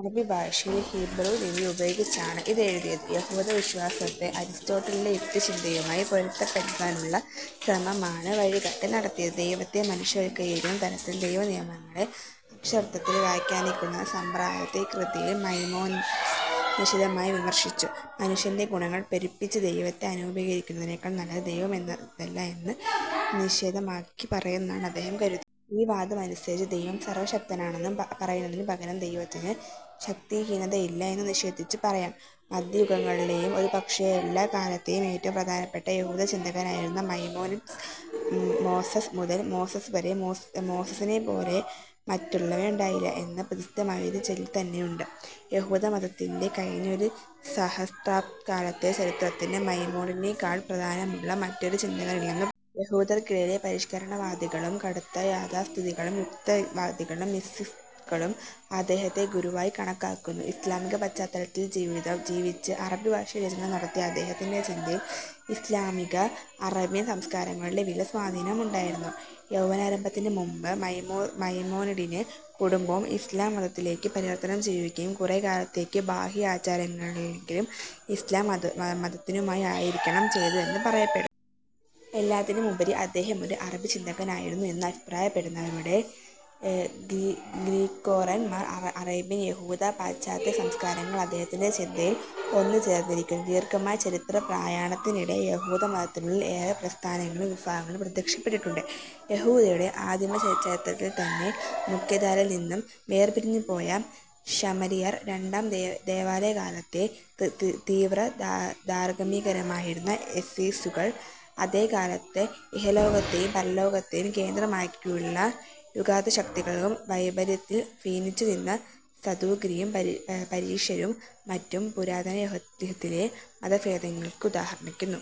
അറബി ഭാഷയിൽ, ഹീബ്രൂ ലിപി ഉപയോഗിച്ചാണ് ഇതെഴുതിയത്. യഹൂദവിശ്വാസത്തെ അരിസ്റ്റോട്ടലിന്റെ യുക്തിചിന്തയുമായി പൊരുത്തപ്പെടുത്താനുള്ള ശ്രമമാണ് 'വഴികാട്ടി' നടത്തിയത്. ദൈവത്തെ മനുഷ്യവൽക്കരിക്കുന്ന തരത്തിൽ ദൈവനിയമങ്ങളെ അക്ഷാർഥത്തിൽ വ്യാഖ്യാനിക്കുന്ന സമ്പ്രദായത്തെ ഈ കൃതിയിൽ മൈമോനിഡിസ് നിശിതമായി വിമർശിച്ചു. മനുഷ്യന്റെ ഗുണങ്ങൾ പെരുപ്പിച്ച് ദൈവത്തിൽ അരോപിക്കുന്നതിനേക്കാൾ നല്ലത്, ദൈവം എന്തല്ല എന്നു നിഷേധമാക്കി പറയുന്നതാണെന്ന് അദ്ദേഹം കരുതി. ഈ വാദം അനുസരിച്ച്, ദൈവം സർവശക്തനാണെന്നു പറയുന്നതിനു പകരം "ദൈവത്തിനു ശക്തിഹീനത ഇല്ല" എന്നു നിഷേധിച്ച് പറയാം. മദ്ധ്യയുഗങ്ങളിലെയും, ഒരുപക്ഷേ എല്ലാക്കാലത്തേയും, ഏറ്റവും പ്രധാനപ്പെട്ട യഹൂദചിന്തകനായിരുന്നു മൈമോനിഡിസ്. "മോസസ് മുതൽ മോസസ് വരെ മോസസിനെപ്പോലെ മറ്റുള്ളവഉണ്ടായില്ല " എന്ന് പ്രസിദ്ധമായൊരു ചൊല്ലു തന്നെയുണ്ട്. യഹൂദമതത്തിന്റെ കഴിഞ്ഞ ഒരു സഹസ്രാബ്ദക്കാലത്തെ ചരിത്രത്തിൽ മൈമോനിഡിസിനെക്കാൾ പ്രധാന്യമുള്ള മറ്റൊരു ചിന്തകനില്ലെന്നു യഹൂദർക്കിടയിൽ പരിഷ്കരണവാദികളും കടുത്ത യാഥാസ്ഥിതികരും യുക്തിവാദികളും മിസ്റ്റിക്കുകളും അദ്ദേഹത്തെ ഗുരുവായി കണക്കാക്കുന്നു. ഇസ്ലാമിക പാശ്ചാത്തലത്തിൽ ജീവിച്ച് അറബി ഭാഷയിൽ രചനനടത്തിയ അദ്ദേഹത്തിന്റെ ചിന്തയിൽ ഇസ്ലാമിക-അറേബ്യൻ സംസ്കാരങ്ങളുടെ വലിയ സ്വാധീനമുണ്ടായിരുന്നു. യൗവനാരംഭത്തിനുമുൻപ് മൈമോനിഡിന് കുടുംബവും ഇസ്ലാം മതത്തിലേക്ക് പരിവർത്തനം ചെയ്യുകയും കുറേക്കാലത്തേക്ക്, ബാഹ്യ ആചാരങ്ങളിലെങ്കിലും ഇസ്ലാം മതത്തിനുമായിരിക്കണം ചെയ്തു എന്ന് പറയപ്പെടുന്നു. എല്ലാത്തിനുമുപരി അദ്ദേഹം ഒരു അറബി ചിന്തകനായിരുന്നു എന്ന് അഭിപ്രായപ്പെടുന്നവരോട് ഗ്രീക്കോറൻമാർ, അറേബ്യൻ, യഹൂദ, പാശ്ചാത്യ സംസ്കാരങ്ങൾ അദ്ദേഹത്തിന്റെ ചിന്തയിൽ ഒന്നുചേർന്നിരിക്കുന്നു. ദീർഘമായ ചരിത്രപ്രയാണത്തിനിടെ യഹുദമതത്തിനുള്ളിൽ ഏറെ പ്രസ്ഥാനങ്ങളും വിഭാഗങ്ങളും പ്രത്യക്ഷപ്പെട്ടിട്ടുണ്ട്. യഹൂദയുടെ ആദിമചരിത്രത്തിൽ തന്നെ മുഖ്യധാരയിൽ നിന്നും വേർപിരിഞ്ഞുപോയ ശമരിയർ, രണ്ടാംദേവാലയകാലത്തെ തീവ്രധാർകമ്മികരമായിരുന്ന എസ്സീസുകൾ, അതേകാലത്ത് ഇഹലോകത്തേയും പരലോകത്തേയും കേന്ദ്രമാക്കിയുള്ള യുഗാന്തശക്തികളും വൈപര്യത്തിൽ ഭിന്നിച്ചു നിന്ന സദൂക്യരും പരീശരും മറ്റും പുരാതനയഹൂദത്തിലെ മതഭേദങ്ങളെ ഉദാഹരിക്കുന്നു.